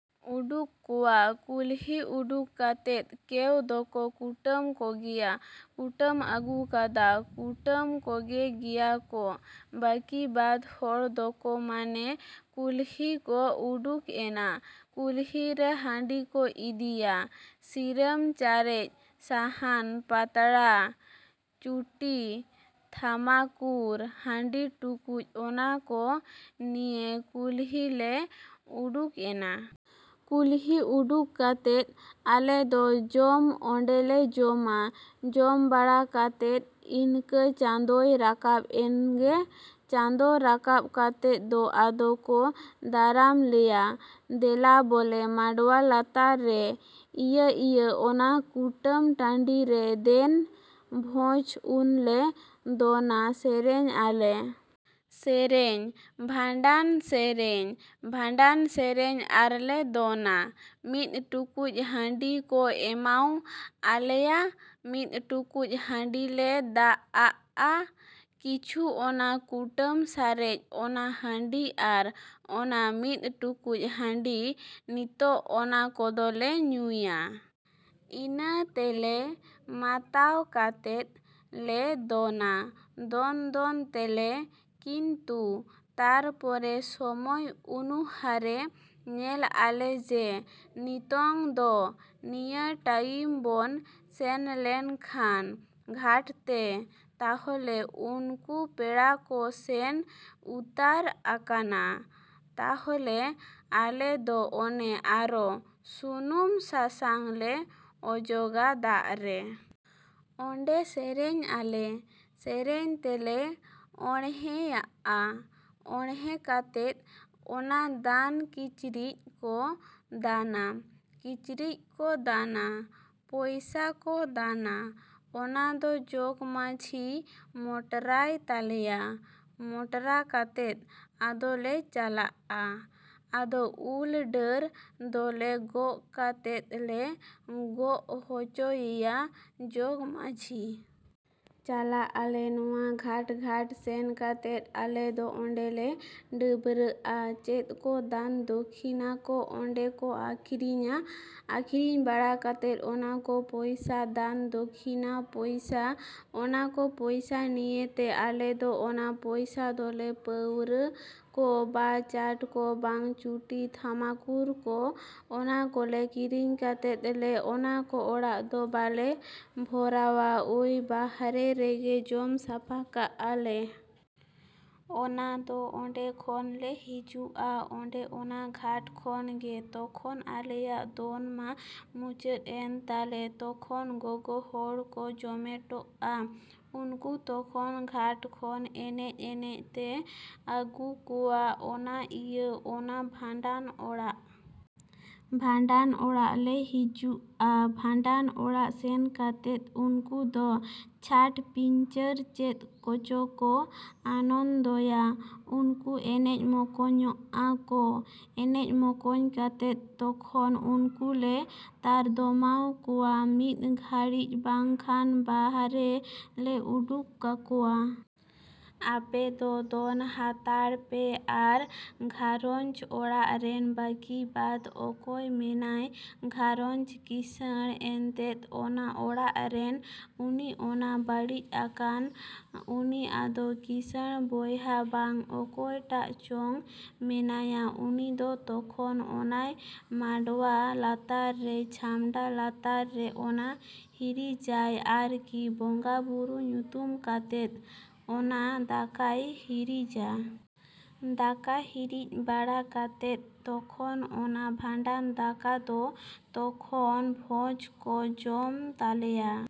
ᱩᱰᱩᱠ ᱠᱚᱣᱟ᱾ ᱠᱩᱞᱦᱤ ᱩᱰᱩᱠ ᱠᱟᱛᱮᱫ ᱠᱮᱣ ᱫᱚᱠᱚ ᱠᱩᱴᱟᱹᱢ ᱠᱚᱜᱮᱭᱟ᱾ ᱠᱩᱴᱟᱹᱢ ᱟᱹᱜᱩ ᱠᱟᱫᱟ, ᱠᱩᱴᱟᱹᱢ ᱠᱚᱜᱮ ᱜᱮᱭᱟ ᱠᱚ᱾ ᱵᱟᱹᱠᱤ ᱵᱟᱫ ᱦᱚᱲ ᱫᱚᱠᱚ ᱢᱟᱱᱮ ᱠᱩᱞᱦᱤ ᱠᱚ ᱩᱰᱩᱠ ᱮᱱᱟ᱾ ᱠᱩᱞᱦᱤ ᱨᱮ ᱦᱟᱺᱰᱤ ᱠᱚ ᱤᱫᱤᱭᱟ, ᱥᱤᱨᱟᱹᱢ ᱪᱟᱨᱮᱡ, ᱥᱟᱦᱟᱱ ᱯᱟᱛᱲᱟ, ᱪᱩᱴᱤ ᱛᱷᱟᱢᱟᱠᱩᱨ, ᱦᱟᱺᱰᱤ ᱴᱩᱠᱩᱡ ᱚᱱᱟ ᱠᱚ ᱱᱤᱭᱮ ᱠᱩᱞᱦᱤ ᱞᱮ ᱩᱰᱩᱠ ᱮᱱᱟ᱾ ᱠᱩᱞᱦᱤ ᱩᱰᱩᱠ ᱠᱟᱛᱮᱫ ᱟᱞᱮ ᱫᱚ ᱡᱚᱢ ᱚᱸᱰᱮᱞᱮ ᱡᱚᱢᱟ᱾ ᱡᱚᱢ ᱵᱟᱲᱟ ᱠᱟᱛᱮᱫ ᱤᱱᱠᱟᱹ ᱪᱟᱸᱫᱳᱭ ᱨᱟᱠᱟᱵᱽ ᱮᱱ ᱜᱮ᱾ ᱪᱟᱸᱫᱳ ᱨᱟᱠᱟᱵᱽ ᱠᱟᱛᱮᱫ ᱫᱚ ᱟᱫᱚ ᱠᱚ ᱫᱟᱨᱟᱢ ᱞᱮᱭᱟ᱾ ᱫᱮᱞᱟ ᱵᱚᱞᱮ ᱢᱟᱰᱣᱟ ᱞᱟᱛᱟᱨ ᱨᱮ, ᱤᱭᱟᱹ ᱤᱭᱟᱹ ᱚᱱᱟ ᱠᱩᱴᱟᱹᱢ ᱴᱟᱺᱰᱤ ᱨᱮ ᱫᱮᱱ ᱵᱷᱚᱡᱽ ᱩᱱᱞᱮ ᱫᱚᱱᱟ ᱥᱮᱨᱮᱧ ᱟᱞᱮ᱾ ᱥᱮᱨᱮᱧ ᱵᱷᱟᱸᱰᱟᱱ ᱥᱮᱨᱮᱧ, ᱵᱷᱟᱸᱰᱟᱱ ᱥᱮᱨᱮᱧ ᱟᱨᱞᱮ ᱫᱚᱱᱟ᱾ ᱢᱤᱫ ᱴᱩᱠᱩᱡ ᱦᱟᱺᱰᱤ ᱠᱚ ᱮᱢᱟᱣ ᱟᱞᱮᱭᱟ᱾ ᱢᱤᱫ ᱴᱩᱠᱩᱡ ᱦᱟᱺᱰᱤ ᱞᱮ ᱫᱟᱜᱼᱟᱜᱼᱟ ᱠᱤᱪᱷᱩ ᱚᱱᱟ ᱠᱩᱴᱟᱹᱢ ᱥᱟᱨᱮᱡ ᱚᱱᱟ ᱦᱟᱺᱰᱤ ᱟᱨ ᱚᱱᱟ ᱢᱤᱫ ᱴᱩᱠᱩᱡ ᱦᱟᱺᱰᱤ ᱱᱤᱛᱚᱜ ᱚᱱᱟ ᱠᱚᱫᱚᱞᱮ ᱧᱩᱭᱟ᱾ ᱤᱱᱟᱹ ᱛᱮᱞᱮ ᱢᱟᱛᱟᱣ ᱠᱟᱛᱮᱫ ᱞᱮ ᱫᱚᱱᱟ᱾ ᱫᱚᱱ ᱫᱚᱱ ᱛᱮᱞᱮ ᱠᱤᱱᱛᱩ ᱛᱟᱨᱯᱚᱨᱮ ᱥᱚᱢᱚᱭ ᱚᱱᱩ ᱦᱟᱨᱮ ᱧᱮᱞ ᱟᱞᱮ ᱡᱮ ᱱᱤᱛᱚᱝ ᱫᱚ ᱱᱤᱭᱟᱹ ᱴᱟᱭᱤᱢ ᱵᱚᱱ ᱥᱮᱱ ᱞᱮᱱᱠᱷᱟᱱ ᱜᱷᱟᱴᱛᱮ ᱛᱟᱦᱚᱞᱮ ᱩᱱᱠᱩ ᱯᱮᱲᱟ ᱠᱚ ᱥᱮᱱ ᱩᱛᱟᱨ ᱟᱠᱟᱱᱟ᱾ ᱛᱟᱦᱚᱞᱮ ᱟᱞᱮ ᱫᱚ ᱚᱱᱮ ᱟᱨᱚ ᱥᱩᱱᱩᱢ ᱥᱟᱥᱟᱝ ᱞᱮ ᱚᱡᱚᱜᱟ ᱫᱟᱜ ᱨᱮ᱾ ᱚᱸᱰᱮ ᱥᱮᱨᱮᱧ ᱟᱞᱮ᱾ ᱥᱮᱨᱮᱧ ᱛᱮᱞᱮ ᱚᱬᱦᱮᱭᱟᱜᱼᱟ᱾ ᱚᱬᱦᱮ ᱠᱟᱛᱮᱫ ᱚᱱᱟ ᱫᱟᱱ ᱠᱤᱪᱨᱤᱡᱽ ᱠᱚ ᱫᱟᱱᱟ, ᱠᱤᱪᱨᱤᱡᱽ ᱠᱚ ᱫᱟᱱᱟ, ᱯᱚᱭᱥᱟ ᱠᱚ ᱫᱟᱱᱟ᱾ ᱚᱱᱟ ᱫᱚ ᱡᱚᱜᱽ ᱢᱟᱺᱡᱷᱤᱭ ᱢᱚᱴᱨᱟᱭ ᱛᱟᱞᱮᱭᱟ᱾ ᱢᱚᱴᱨᱟ ᱠᱟᱛᱮᱫ ᱟᱫᱚᱞᱮ ᱪᱟᱞᱟᱜᱼᱟ᱾ ᱟᱫᱚ ᱩᱞ ᱰᱟᱹᱨ ᱫᱚᱞᱮ ᱜᱚᱜ ᱠᱟᱛᱮᱫ ᱞᱮ ᱜᱚᱜ ᱦᱚᱪᱚᱭᱮᱭᱟ ᱡᱚᱜᱽ ᱢᱟᱺᱡᱷᱤ᱾ ᱪᱟᱞᱟᱜ ᱟᱞᱮ ᱱᱚᱣᱟ ᱜᱷᱟᱴ ᱜᱷᱟᱴ ᱥᱮᱱ ᱠᱟᱛᱮᱫ ᱟᱞᱮ ᱫᱚ ᱚᱸᱰᱮ ᱞᱮ ᱰᱟᱹᱵᱽᱨᱟᱹᱜᱼᱟ᱾ ᱪᱮᱫ ᱠᱚ ᱫᱟᱱ ᱫᱚᱠᱠᱷᱤᱱᱟ ᱠᱚ ᱚᱸᱰᱮ ᱠᱚ ᱟᱹᱠᱷᱨᱤᱧᱟ᱾ ᱟᱹᱠᱷᱨᱤᱧ ᱵᱟᱲᱟ ᱠᱟᱛᱮᱫ ᱚᱱᱟ ᱠᱚ ᱯᱚᱭᱥᱟ ᱫᱟᱱ ᱫᱚᱠᱷᱤᱱᱟ ᱯᱚᱭᱥᱟ, ᱚᱱᱟ ᱠᱚ ᱯᱚᱭᱥᱟ ᱱᱤᱭᱮ ᱛᱮ ᱟᱞᱮ ᱫᱚ ᱚᱱᱟ ᱯᱚᱭᱥᱟ ᱫᱚᱞᱮ ᱯᱟᱹᱣᱨᱟᱹ ᱠᱚ ᱵᱟ ᱪᱟᱴ ᱠᱚ ᱵᱟᱝ ᱪᱩᱴᱤ ᱛᱷᱟᱢᱟᱠᱩᱨ ᱠᱚ ᱚᱱᱟ ᱠᱚᱞᱮ ᱠᱤᱨᱤᱧ ᱠᱟᱛᱮᱫ ᱞᱮ ᱚᱱᱟ ᱫᱚ ᱚᱲᱟᱜ ᱫᱚ ᱵᱟᱞᱮ ᱵᱷᱚᱨᱟᱣᱟ ᱳᱭ ᱵᱟᱦᱨᱮ ᱨᱮᱜᱮ ᱡᱚᱢ ᱥᱟᱯᱷᱟ ᱠᱟᱜᱼᱟ ᱞᱮ᱾ ᱚᱱᱟ ᱫᱚ ᱚᱸᱰᱮ ᱠᱷᱚᱱ ᱞᱮ ᱦᱤᱡᱩᱜᱼᱟ ᱚᱸᱰᱮ ᱚᱱᱟ ᱜᱷᱟᱴ ᱠᱷᱚᱱ ᱜᱮ᱾ ᱛᱚᱠᱷᱚᱱ ᱟᱞᱮᱭᱟᱜ ᱫᱚᱱ ᱢᱟ ᱢᱩᱪᱟᱹᱫ ᱮᱱ ᱛᱟᱞᱮ᱾ ᱛᱚᱠᱷᱚᱱ ᱜᱚᱜᱚ ᱦᱚᱲ ᱠᱚ ᱡᱚᱢᱮᱴᱚᱜᱼᱟ᱾ ᱩᱱᱠᱩ ᱛᱚᱠᱷᱚᱱ ᱜᱷᱟᱴ ᱠᱷᱚᱱ ᱮᱱᱮᱡ ᱮᱱᱮᱡ ᱛᱮ ᱟᱹᱜᱩ ᱠᱚᱣᱟ ᱚᱱᱟ ᱤᱭᱟᱹ ᱚᱱᱟ ᱵᱷᱟᱸᱰᱟᱱ ᱚᱲᱟᱜ᱾ ᱵᱷᱟᱸᱰᱟᱱ ᱚᱲᱟᱜ ᱞᱮ ᱦᱤᱡᱩᱜᱼᱟ᱾ ᱵᱷᱟᱸᱰᱟᱱ ᱚᱲᱟᱜ ᱥᱮᱱ ᱠᱟᱛᱮᱫ ᱩᱱᱠᱩ ᱫᱚ ᱪᱷᱟᱴ ᱯᱤᱧᱪᱟᱹᱨ ᱪᱮᱫ ᱠᱚᱪᱚ ᱠᱚ ᱟᱱᱚᱱᱫᱚᱭᱟ᱾ ᱩᱱᱠᱩ ᱮᱱᱮᱡ ᱢᱚᱠᱚᱧᱚᱜᱼᱟ ᱠᱚ᱾ ᱮᱱᱮᱡ ᱢᱚᱠᱚᱧ ᱠᱟᱛᱮᱫ ᱛᱚᱠᱷᱚᱱ ᱩᱱᱠᱩ ᱞᱮ ᱛᱟᱨᱫᱚᱢᱟᱣ ᱠᱚᱣᱟ ᱢᱤᱫ ᱜᱷᱟᱹᱲᱤᱡ ᱵᱟᱝᱠᱷᱟᱱ ᱵᱟᱦᱨᱮ ᱞᱮ ᱩᱰᱩᱠ ᱠᱟᱠᱚᱣᱟ᱾ ᱟᱯᱮ ᱫᱚ ᱫᱚᱱ ᱦᱟᱛᱟᱲ ᱯᱮ ᱟᱨ ᱜᱷᱟᱨᱚᱸᱡᱽ ᱚᱲᱟᱜ ᱨᱮᱱ ᱵᱟᱹᱠᱤ ᱵᱟᱫ ᱚᱠᱚᱭ ᱢᱮᱱᱟᱭ ᱜᱷᱟᱨᱚᱸᱡᱽ ᱠᱤᱥᱟᱹᱬ ᱮᱱᱛᱮᱫ ᱚᱱᱟ ᱚᱲᱟᱜ ᱨᱮᱱ ᱩᱱᱤ ᱚᱱᱟ ᱵᱟᱹᱲᱤᱡ ᱟᱠᱟᱱ ᱩᱱᱤ ᱟᱫᱚ ᱠᱤᱥᱟᱹᱬ ᱵᱚᱭᱦᱟ ᱵᱟᱝ ᱚᱠᱚᱭ ᱴᱟᱜ ᱪᱚᱝ ᱢᱮᱱᱟᱭᱟ ᱩᱱᱤ ᱫᱚ ᱛᱚᱠᱷᱚᱱ ᱚᱱᱟᱭ ᱢᱟᱰᱣᱟ ᱞᱟᱛᱟᱨ ᱨᱮ, ᱪᱷᱟᱢᱰᱟ ᱞᱟᱛᱟᱨ ᱨᱮ ᱚᱱᱟ ᱦᱤᱨᱤᱡᱟᱭ ᱟᱨᱠᱤ ᱵᱚᱸᱜᱟᱼᱵᱩᱨᱩ ᱧᱩᱛᱩᱢ ᱠᱟᱛᱮᱫ ᱚᱱᱟ ᱫᱟᱠᱟᱭ ᱦᱤᱨᱤᱡᱟ᱾ ᱫᱟᱠᱟ ᱦᱤᱨᱤᱡ ᱵᱟᱲᱟ ᱠᱟᱛᱮᱫ ᱛᱚᱠᱷᱚᱱ ᱚᱱᱟ ᱵᱷᱟᱸᱰᱟᱱ ᱫᱟᱠᱟ ᱫᱚ ᱛᱚᱠᱷᱚᱱ ᱵᱷᱚᱡᱽ ᱠᱚ ᱡᱚᱢ ᱛᱟᱞᱮᱭᱟ᱾